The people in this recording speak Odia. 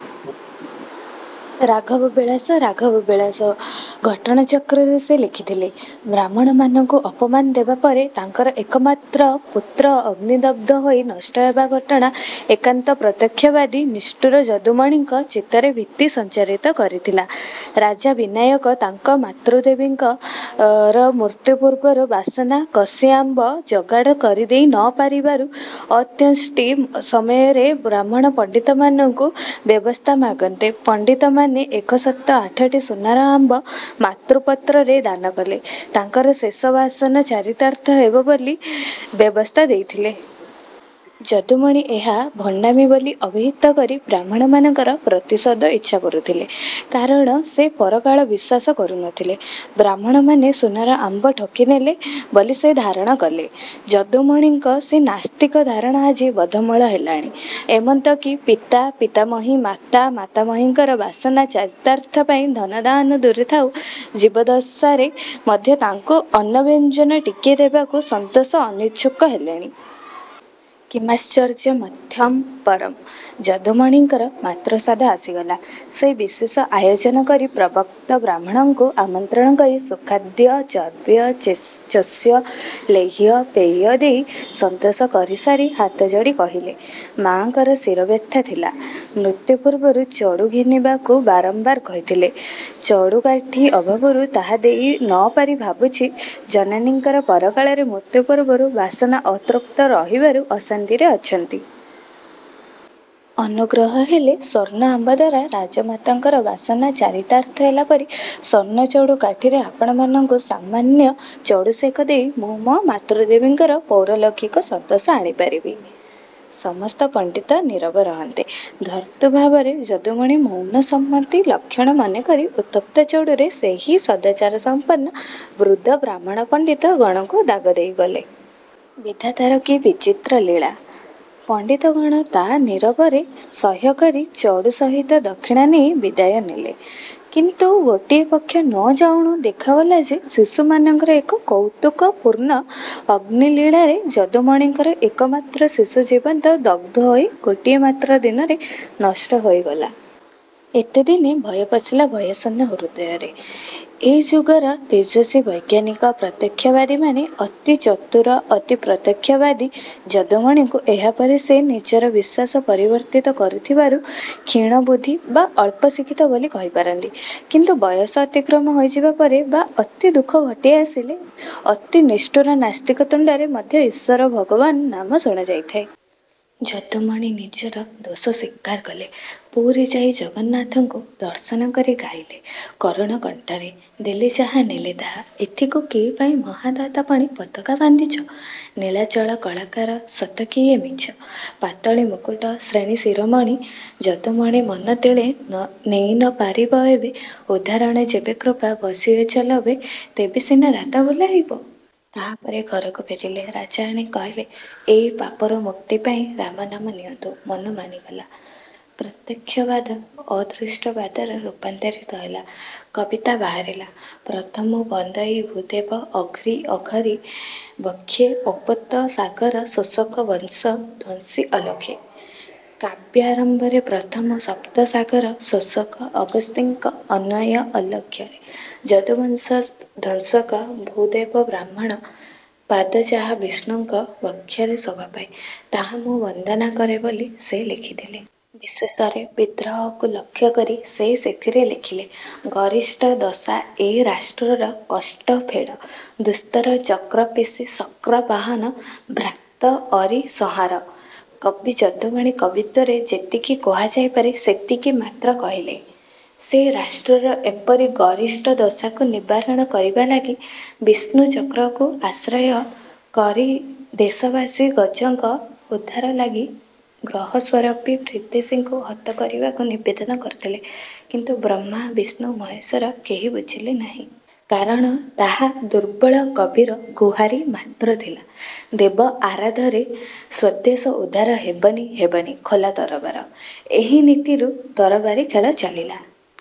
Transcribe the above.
" ରାଘବ ବିଳାସ ରାଘବ ବିଳାସ ଘଟଣାଚକ୍ରରେ ସେ ଲେଖିଥିଲେ। ବ୍ରାହ୍ମଣମାନଙ୍କୁ ଅପମାନ ଦେବା ପରେ ତାଙ୍କର ଏକମାତ୍ର ପୁତ୍ର ଅଗ୍ନିଦଗ୍ଧ ହୋଇ ନଷ୍ଟହେବା ଘଟଣା ଏକାନ୍ତ ପ୍ରତ୍ୟକ୍ଷବାଦୀ ନିଷ୍ଠୁର ଯଦୁମଣିଙ୍କ ଚିତ୍ତରେ ଭୀତି ସଂଚାରିତ କରିଥିଲା। ରାଜା ବିନାୟକ ତାଙ୍କ ମାତୃଦେବୀଙ୍କର ମୃତ୍ୟୁପୂର୍ବର ବାସନା କଷିଆମ୍ବ ଯୋଗାଡ଼ କରିଦେଇ ନ ପାରିବାରୁ ଅନ୍ତ୍ୟେଷ୍ଟି ସମୟରେ ବ୍ରାହ୍ମଣ ପଣ୍ଡିତମାନଙ୍କୁ ବ୍ୟବସ୍ଥା ମାଗନ୍ତେ ପଣ୍ଡିତ ମାନେ ଏକଶତ ଆଠଟି ସୁନାର ଆମ୍ବ ମାତୃପତ୍ରରେ ଦାନକଲେ ତାଙ୍କର ଶେଷ ବାସନା ଚରିତାର୍ଥ ହେବ ବୋଲି ବ୍ୟବସ୍ଥା ଦେଇଥିଲେ। ଯଦୁମଣି ଏହା ଭଣ୍ଡାମି ବୋଲି ଅଭିହିତ କରି ବ୍ରାହ୍ମଣମାନଙ୍କର ପ୍ରତିଶୋଧ ଇଚ୍ଛା କରୁଥିଲେ। କାରଣ ସେ ପରକାଳ ବିଶ୍ୱାସ କରୁ ନ ଥିଲେ। ବ୍ରାହ୍ମଣମାନେ ସୁନାର ଆମ୍ବ ଠକିନେଲେ ବୋଲି ସେ ଧାରଣା କଲେ। ଯଦୁମଣିଙ୍କ ସେ ନାସ୍ତିକ ଧାରଣା ଆଜି ବଦ୍ଧମୂଳ ହେଲାଣି। ଏମନ୍ତ କି ପିତା, ପିତାମହୀ, ମାତା, ମାତାମହୀଙ୍କର ବାସନା ଚରିତାର୍ଥ ପାଇଁ ଧନ ଦାନ ଦୂରେ ଥାଉ ଜୀବଦ୍ଦଶାରେ ମଧ୍ୟ ତାଙ୍କୁ ଅନ୍ନବ୍ୟଞ୍ଜନ ଟିକିଏ ଦେବାକୁ ସନ୍ତାନ ଅନିଚ୍ଛୁକ ହେଲେଣି। କିମାଶ୍ଚର୍ଯ୍ୟମତଃ ପରଂ। ଯଦୁମଣିଙ୍କର ମାତୃଶ୍ରାଦ୍ଧ ଆସିଗଲା। ସେ ବିଶେଷ ଆୟୋଜନ କରି ପୂର୍ବୋକ୍ତ ବ୍ରାହ୍ମଣଙ୍କୁ ଆମନ୍ତ୍ରଣ କରି ସୁଖାଦ୍ୟ ଚର୍ବ୍ୟ, ଚୋଷ୍ୟ, ଲେହ୍ୟ, ପେୟ ଦେଇ ସନ୍ତୋଷ କରିସାରି ହାତଯୋଡ଼ି କହିଲେ,- ''ମାଆଙ୍କର ଶିରବ୍ୟଥା ଥିଲା। ମୃତ୍ୟୁ ପୂର୍ବରୁ ଚଡ଼ୁ ଘେନିବାକୁ ବାରମ୍ବାର କହିଥିଲେ। ଚଡ଼ୁକାଠି ଅଭାବରୁ ତାହା ଦେଇ ନପାରି ଭାବୁଛି ଜନନୀଙ୍କର ପରକାଳରେ ମୃତ୍ୟୁପୂର୍ବରୁ ବାସନା ଅତୃପ୍ତ ରହିବାରୁ ଅଶାନ୍ତିରେ ଅଛନ୍ତି। ଅନୁଗ୍ରହ ହେଲେ ସ୍ୱର୍ଣ୍ଣ ଆମ୍ବଦ୍ୱାରା ରାଜମାତାଙ୍କର ବାସନା ଚରିତାର୍ଥ ହେଲା ପରି ସ୍ୱର୍ଣ୍ଣଚୂଡ଼ କାଠିରେ ଆପଣମାନଙ୍କୁ ସାମାନ୍ୟ ଚଡ଼ୁସେକ ଦେଇ ମୁଁ ମୋ ମାତୃଦେବୀଙ୍କର ପାରଲୌକିକ ସନ୍ତୋଷ ଆଣିପାରିବି। " ସମସ୍ତ ପଣ୍ଡିତ ନୀରବ ରହନ୍ତେ, ଧୂର୍ତ୍ତ ଭାବରେ ଯଦୁମଣି ମୌନଂ ସମ୍ମତି ଲକ୍ଷଣଂ ମନେକରି ଉତ୍ତପ୍ତ ଚଡ଼ୁରେ ସେହି ସଦାଚାରସଂପନ୍ନ ବୃଦ୍ଧ ବ୍ରାହ୍ମଣ ପଣ୍ଡିତ ଗଣଙ୍କୁ ଦାଗ ଦେଇଗଲେ-। ବିଧାତାର କି ବିଚିତ୍ର ଲୀଳା! ପଣ୍ଡିତଗଣ ତା ନୀରବରେ ସହ୍ୟକରି ଚଡ଼ୁ ସହିତ ଦକ୍ଷିଣା ନେଇ ବିଦାୟ ନେଲେ। କିନ୍ତୁ ଗୋଟିଏ ପକ୍ଷ ନଯାଉଣୁ ଦେଖାଗଲା ଯେ ଶିଶୁମାନଙ୍କର ଏକ କୌତୁକପୂର୍ଣ୍ଣ ଅଗ୍ନିଲୀଳାରେ ଯଦୁମଣିଙ୍କର ଏକମାତ୍ର ଶିଶୁ ଜୀବନ୍ତ ଦଗ୍ଧ ହୋଇ ଗୋଟିଏ ମାତ୍ର ଦିନରେ ନଷ୍ଟ ହୋଇଗଲା। ଏତେଦିନେ ଭୟ ପଶିଲା ଭୟଶୂନ୍ୟ ହୃଦୟରେ। ଏ ଯୁଗର ତେଜସ୍ୱୀ ବୈଜ୍ଞାନିକ ପ୍ରତ୍ୟକ୍ଷବାଦୀମାନେ ଅତି ଚତୁର, ଅତି ପ୍ରତ୍ୟକ୍ଷବାଦୀ ଯଦୁମଣିଙ୍କୁ ଏହାପରେ ସେ ନିଜର ବିଶ୍ୱାସ ପରିବର୍ତ୍ତିତ କରିଥିବାରୁ କ୍ଷୀଣ ବୁଦ୍ଧି ବା ଅଳ୍ପଶିକ୍ଷିତ ବୋଲି କହିପାରନ୍ତି। କିନ୍ତୁ ବୟସ ଅତିକ୍ରମ ହୋଇଯିବା ପରେ ବା ଅତି ଦୁଃଖ ଘୋଟିଆସିଲେ ଅତି ନିଷ୍ଠୁର ନାସ୍ତିକ ତୁଣ୍ଡରେ ମଧ୍ୟ ଈଶ୍ୱର ଭଗବାନ ନାମ ଶୁଣାଯାଇଥାଏ। ଯଦୁମଣି ନିଜର ଦୋଷ ସ୍ୱୀକାର କଲେ। ପୁରୀ ଯାଇ ଜଗନ୍ନାଥଙ୍କୁ ଦର୍ଶନ କରି ଗାଇଲେ କରୁଣ କଣ୍ଠରେ- ଦେଲ ଯାହା ନେଲ ତାହା, ଏଥିକୁ କିପାଇଁ ମହା ଦାତାପଣେ ପତାକା ବାନ୍ଧିଛ? ନୀଳାଚଳ କଳାକାର, ସତ କି ଏ ମିଛ? ପାତଳୀ ମୁକୁଟ ଶ୍ରେଣୀଶିରୋମଣୀ ଯଦୁମଣି ମନ ତିଳେ ନେଇ ନ ପାରିବ ଏବେ ଉଦ୍ଧାରଣେ ଯେବେକୃପା ବସିଅଛି ଲବେ ତେବେ ସିନା ଦାତା ବୋଲାଇବ। ତାପରେ ଘରକୁ ଫେରିଲେ। ରାଜାରାଣୀ କହିଲେ, ଏ ପାପରୁ ମୁକ୍ତି ପାଇଁ ରାମ ନାମ ନିଅନ୍ତୁ। ମନ ମାନିଗଲା। ପ୍ରତ୍ୟକ୍ଷବାଦ ଅଦୃଷ୍ଟବାଦରେ ରୂପାନ୍ତରିତ ହେଲା। କବିତା ବାହାରିଲା- ପ୍ରଥମୁଁ ବନ୍ଦଇ ଭୂଦେବ ଅଂଘ୍ରି ଅଘାରି ବକ୍ଷେ ଓପତ ସାଗର ଶୋଷକ ବଂଶ ଧ୍ୱଂସି ଅଲକ୍ଷେ। କାବ୍ୟାରମ୍ଭରେ ପ୍ରଥମୁଁ ସପ୍ତସାଗର ଶୋଷକ ଅଗସ୍ତିଙ୍କ ଅନ୍ୱୟ, ଅଲକ୍ଷରେ ଯଦୁବଂଶଧ୍ୱଂସକ ଭୂଦେବବ୍ରାହ୍ମଣ ପାଦ ଯାହା ବିଷ୍ଣୁଙ୍କ ବକ୍ଷରେ ଶୋଭାପାଏ, ତାହା ମୁଁ ବନ୍ଦନା କରେ ବୋଲି ସେ ଲେଖିଲେ। ବିଶେଷରେ ବିଦ୍ରୋହକୁ ଲକ୍ଷ୍ୟକରି ସେ ସେଥିରେ ଲେଖିଲେ- ଗରିଷ୍ଠ ଦଶା ଏ ରାଷ୍ଟ୍ର ର କଷ୍ଟ ଫେଡ଼ ଦୁସ୍ତର, ଚକ୍ରପେଷି ଶକ୍ରବାହନ ଭ୍ରାତ ଅରି ସଂହାର। କବି ଯଦୁମଣି କବିତ୍ୱରେ ଯେତିକି କୁହାଯାଇପାରେ ସେତିକି ମାତ୍ର କହିଲେ। ସେ ରାଷ୍ଟ୍ରର ଏପରି ଗରିଷ୍ଠ ଦଶାକୁ ନିବାରଣ କରିବା ଲାଗି ବିଷ୍ଣୁଚକ୍ରକୁ ଆଶ୍ରୟ କରିଦେଶବାସୀ ଗଜଙ୍କ ଉଦ୍ଧାର ଲାଗି ଗ୍ରହସ୍ୱରୂପୀ ବିଦେଶୀଙ୍କୁ ହତ କରିବାକୁ ନିବେଦନ କରିଥିଲେ, କିନ୍ତୁ ବ୍ରହ୍ମା, ବିଷ୍ଣୁ, ମହେଶ୍ୱର କେହି ବୁଝିଲେ ନାହିଁ। କାରଣ ତାହା ଦୁର୍ବଳ କବିର ଗୁହାରି ମାତ୍ର ଥିଲା। ଦେବ ଆରାଧରେ ସ୍ୱଦେଶ ଉଦ୍ଧାର ହେବନି ହେବନି ଖୋଲ ତରବାର। ଏହି ନୀତିରୁ ତରବାରୀ ଖେଳ ଚାଲିଲା।